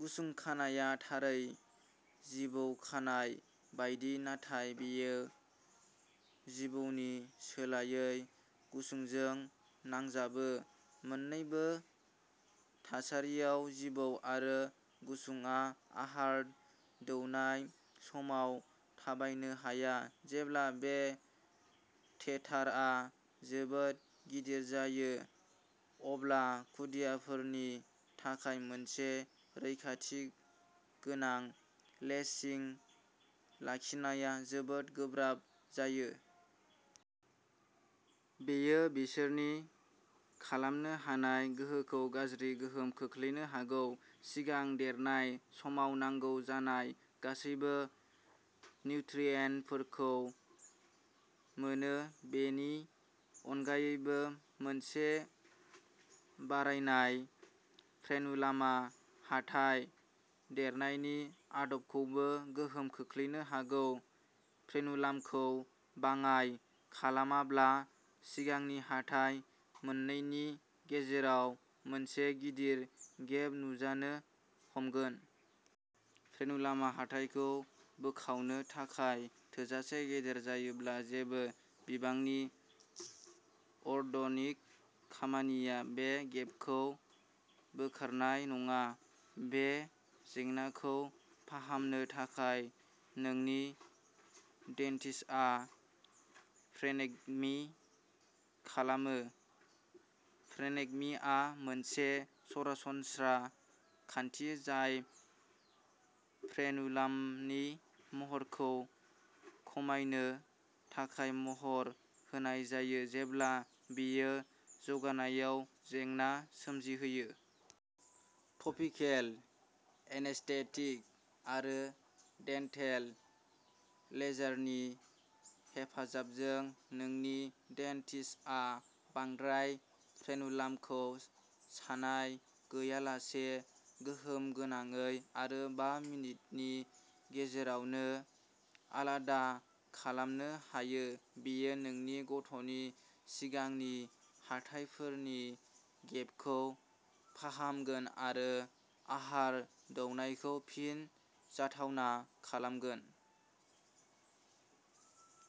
गुसुं खानायआ थारै जिबौ खानाय बायदि, नाथाय बेयो जिबौनि सोलायै गुसुंजों नांजाबो। मोन्नैबो थासारियाव, जिबौ आरो गुसुंआ आहार दौनाय समाव थाबायनो हाया। जेब्ला बे टेथारा जोबोद गिदिर जायो, अब्ला खुदियाफोरनि थाखाय मोनसे रैखाथि गोनां लेचिं लाखिनाया जोबोद गोब्राब जायो। बेयो बिसोरनि खालामनो हानाय गोहोखौ गाज्रि गोहोम खोख्लैनो हागौ। सिगां देरनाय समाव नांगौ जानाय गासैबो निउट्रियेन्टफोरखौ मोनो। बेनि अनगायैबो, मोनसे बारायनाय फ्रेनुलामा हाथाइ देरनायनि आदबखौबो गोहोम खोख्लैनो हागौ। फ्रेनुलामखौ बाङाइ खालामाब्ला सिगांनि हाथाइ मोननैनि गेजेराव मोनसे गिदिर गेप नुजानो हमगोन। फ्रेनुलामा हाथाइखौ बोखावनो थाखाय थोजासे गेदेर जायोब्ला जेबो बिबांनि अर्थ'डन्टिक खामानिया बे गेपखौ बोखारनाय नङा। बे जेंनाखौ फाहामनो थाखाय, नोंनि डेन्टिस्टआ फ्रेनेक्ट'मी खालामो। फ्रेनेक्ट'मीआ मोनसे सरासनस्रा खान्थि, जाय फ्रेनुलामनि महरखौ खमायनो थाखाय महर होनाय जायो, जेब्ला बेयो जौगानायाव जेंना सोमजिहोयो। टपिकेल एनेस्थेटिक आरो डेन्टेल लेजारनि हेफाजाबजों, नोंनि डेन्टिस्टआ बांद्राय फ्रेनुलामखौ सानाय गैयालासे, गोहोम गोनाङै आरो बा मिनिटनि गेजेरावनो आलादा खालामनो हायो। बेयो नोंनि गथ'नि सिगांनि हाथाइफोरनि गेपखौ फाहामगोन आरो आहार दौनायखौ फिन जाथावना खालामगोन।